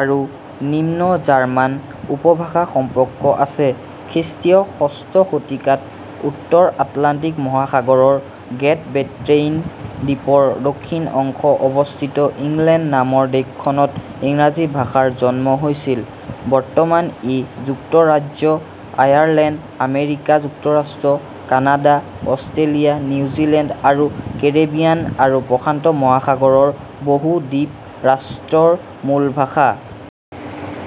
আৰু নিম্ন জাৰ্মান উপভাষাৰ সম্পৰ্ক আছে। খ্ৰীষ্টীয় ষষ্ঠ শতিকাত উত্তৰ আটলাণ্টিক মহাসাগৰৰ গ্ৰেট ব্ৰিটেইন দ্বীপৰ দক্ষিণ অংশত অৱস্থিত ইংলেণ্ড নামৰ দেশখনত ইংৰাজী ভাষাৰ জন্ম হৈছিল। বৰ্তমান ই যুক্তৰাজ্য, আয়াৰলেণ্ড, আমেৰিকা যুক্তৰাষ্ট্ৰ, কানাডা, অষ্ট্ৰেলিয়া, নিউজিলেণ্ড আৰু কেৰিবিয়ান আৰু প্ৰশান্ত মহাসাগৰ ৰ বহু দ্বীপ ৰাষ্ট্ৰৰ মূল ভাষা।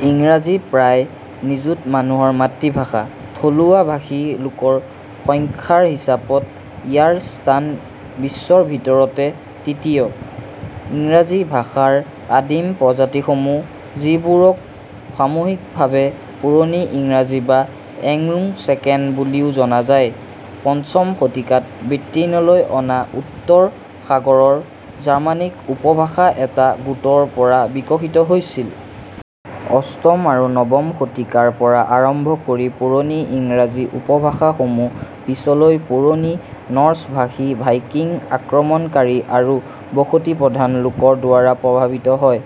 ইংৰাজী প্ৰায় নিযুত মানুহৰ মাতৃভাষা। থলুৱা ভাষী লোকৰ সংখ্যাৰ হিচাপত ইয়াৰ স্থান বিশ্বৰ ভিতৰতে তৃতীয়। ইংৰাজী ভাষাৰ আদিম প্ৰজাতিসমূহ, যিবোৰক সামূহিকভাৱে পুৰণি ইংৰাজী বা "এংলো-চেক্সন" বুলি জনা যায়, পঞ্চম শতিকাত ব্ৰিটেইনলৈ অনা উত্তৰ সাগৰৰ জাৰ্মানিক উপভাষাৰ এটা গোটৰ পৰা বিকশিত হৈছিল। অষ্টম আৰু নৱম শতিকাৰ পৰা আৰম্ভ কৰি পুৰণি ইংৰাজী উপভাষাসমূহ পিছলৈ পুৰণি নৰ্ছ ভাষী ভাইকিং আক্ৰমণকাৰী আৰু বসতিপ্ৰধান লোকৰ দ্বাৰা প্ৰভাৱিত হয়।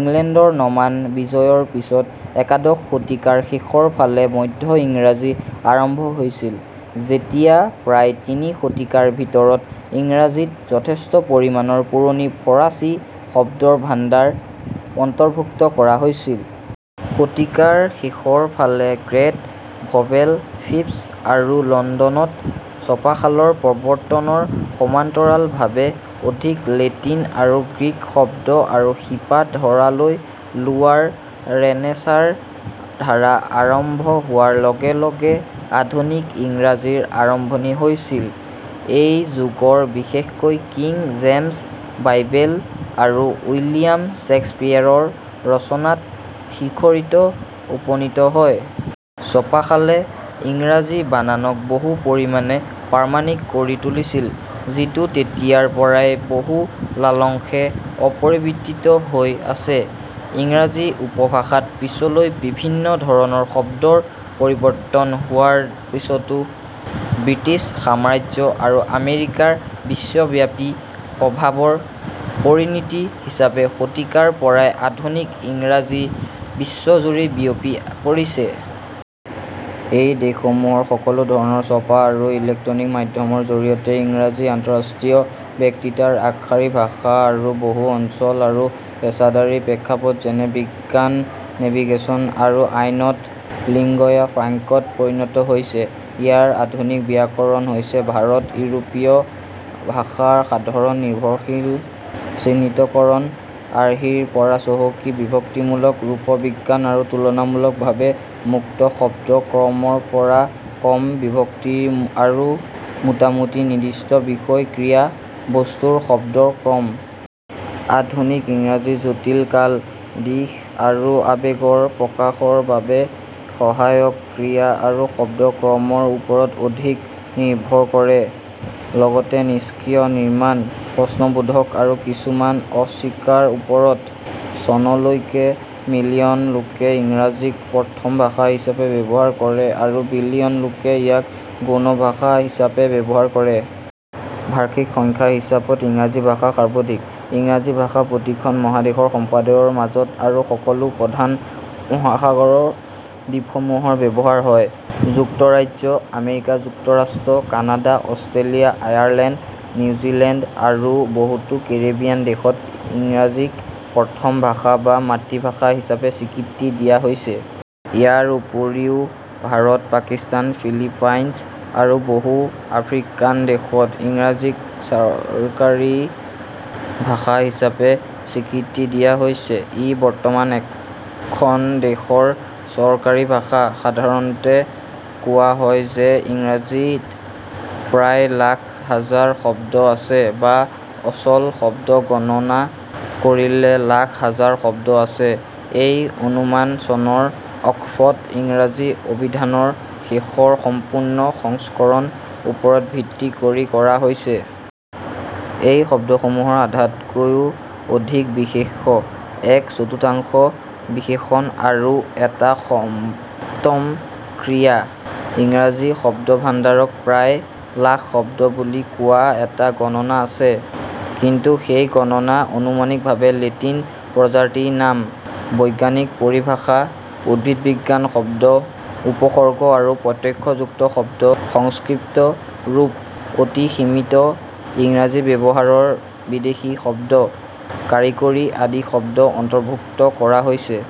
ইংলেণ্ডৰ নৰ্মান বিজয়ৰ পিছত একাদশ শতিকাৰ শেষৰ ফালে মধ্য ইংৰাজী আৰম্ভ হৈছিল, যেতিয়া প্ৰায় তিনি শতিকাৰ ভিতৰত ইংৰাজীত যথেষ্ট পৰিমাণৰ পুৰণি ফৰাচী শব্দভাণ্ডাৰ অন্তৰ্ভুক্ত কৰা হৈছিল। শতিকাৰ শেষৰ ফালে গ্ৰেট ভৱেল শ্বিফ্ট আৰু লণ্ডনত ছপাশালৰ প্ৰৱৰ্তনৰ সমান্তৰালভাৱে অধিক লেটিন আৰু গ্ৰীক শব্দ আৰু শিপা ধাৰলৈ লোৱাৰ ৰেনেছাঁৰ ধাৰা আৰম্ভ হোৱাৰ লগে লগে আধুনিক ইংৰাজীৰ আৰম্ভণি হৈছিল। এই যুগ বিশেষকৈ কিং জেমছ বাইবেল আৰু উইলিয়াম শ্বেক্সপীয়েৰৰ ৰচনাত শিখৰত উপনীত হয়। ছপাশালে ইংৰাজী বানানক বহু পৰিমাণে প্ৰামাণিক কৰি তুলিছিল, যিটো তেতিয়াৰ পৰাই বহুলাংশে অপৰিৱৰ্তিত হৈ আছে, ইংৰাজী উপভাষাত পিছলৈ বিভিন্ন ধৰণৰ শব্দৰ পৰিৱৰ্তন হোৱাৰ পিছতো। ব্ৰিটিছ সাম্ৰাজ্য আৰু আমেৰিকাৰ বিশ্বব্যাপী প্ৰভাৱৰ পৰিণতি হিচাপে শতিকাৰ পৰাই আধুনিক ইংৰাজী বিশ্বজুৰি বিয়পি পৰিছে। এই দেশসমূহৰ সকলো ধৰণৰ ছপা আৰু ইলেক্ট্ৰনিক মাধ্যমৰ জৰিয়তে ইংৰাজী আন্তঃৰাষ্ট্ৰীয় বক্তৃতাৰ আগশাৰীৰ ভাষা আৰু বহু অঞ্চল আৰু পেছাদাৰী প্ৰেক্ষাপট যেনে বিজ্ঞান, নেভিগেচন, আৰু আইনত লিংগুয়া ফ্ৰাংকাত পৰিণত হৈছে। ইয়াৰ আধুনিক ব্যাকৰণ হৈছে ভাৰত-ইউৰোপীয় ভাষাৰ সাধাৰণ নিৰ্ভৰশীল চিহ্নিতকৰণ আৰ্হিৰ পৰা চহকী বিভক্তিমূলক ৰূপবিজ্ঞান আৰু তুলনামূলকভাৱে মুক্ত শব্দ ক্ৰমৰ পৰা কম বিভক্তি আৰু মোটামুটি নিৰ্দিষ্ট বিষয়–ক্ৰিয়া– বস্তুৰ শব্দৰ ক্ৰম। আধুনিক ইংৰাজী জটিল কাল, দিশ আৰু আৱেগৰ প্ৰকাশৰ বাবে সহায়ক ক্ৰিয়া আৰু শব্দ ক্ৰমৰ ওপৰত অধিক নিৰ্ভৰ কৰে, লগতে নিষ্ক্ৰিয় নিৰ্মাণ, প্ৰশ্নবোধক আৰু কিছুমান অস্বীকাৰৰ ওপৰত। চনলৈকে মিলিয়ন লোকে ইংৰাজীক প্ৰথম ভাষা হিচাপে ব্যৱহাৰ কৰে আৰু বিলিয়ন লোকে ইয়াক গৌণ ভাষা হিচাপে ব্যৱহাৰ কৰে। ভাষীক সংখ্যাৰ হিচাপত ইংৰাজী ভাষা সৰ্বাধিক। ইংৰাজী ভাষা প্ৰতিখন মহাদেশৰ সম্প্ৰদায়ৰ মাজত আৰু সকলো প্ৰধান মহাসাগৰৰ দ্বীপসমূহত ব্যৱহাৰ হয়। যুক্তৰাজ্য, আমেৰিকা যুক্তৰাষ্ট্ৰ, কানাডা, অষ্ট্ৰেলিয়া, আয়াৰলেণ্ড, নিউজিলেণ্ড আৰু বহুতো কেৰিবিয়ান দেশত ইংৰাজীক প্ৰথম ভাষা বা মাতৃভাষা হিচাপে স্বীকৃতি দিয়া হৈছে। ইয়াৰ উপৰিও ভাৰত, পাকিস্তান, ফিলিপাইনছ আৰু বহু আফ্ৰিকান দেশত ইংৰাজীক চৰকাৰী ভাষা হিচাপে স্বীকৃতি দিয়া হৈছে। ই বৰ্তমান খন দেশৰ চৰকাৰী ভাষা। সাধাৰণতে কোৱা হয় যে ইংৰাজীত প্ৰায় লাখ হাজাৰ শব্দ আছে, বা অচল শব্দ গণনা কৰিলে লাখ হাজাৰ শব্দ আছে; এই অনুমান চনৰ অক্সফৰ্ড ইংৰাজী অভিধানৰ শেষৰ সম্পূৰ্ণ সংস্কৰণৰ ওপৰত ভিত্তি কৰি কৰা হৈছে। এই শব্দসমূহৰ আধাতকৈও অধিক বিশেষ্য, এক চতুৰ্থাংশ বিশেষণ আৰু এটা সপ্তম ক্ৰিয়া। ইংৰাজী শব্দভাণ্ডাৰক প্ৰায় লাখ শব্দ বুলি কোৱা এটা গণনা আছে — কিন্তু সেই গণনাত অনুমানিকভাৱে লেটিন প্ৰজাতিৰ নাম, বৈজ্ঞানিক পৰিভাষা, উদ্ভিদবিজ্ঞানৰ শব্দ, উপসৰ্গ আৰু প্ৰত্যয়যুক্ত শব্দ, সংক্ষিপ্ত ৰূপ, অতি সীমিত ইংৰাজী ব্যৱহাৰৰ বিদেশী শব্দ, কাৰিকৰী আদি শব্দ অন্তৰ্ভুক্ত কৰা হৈছে।।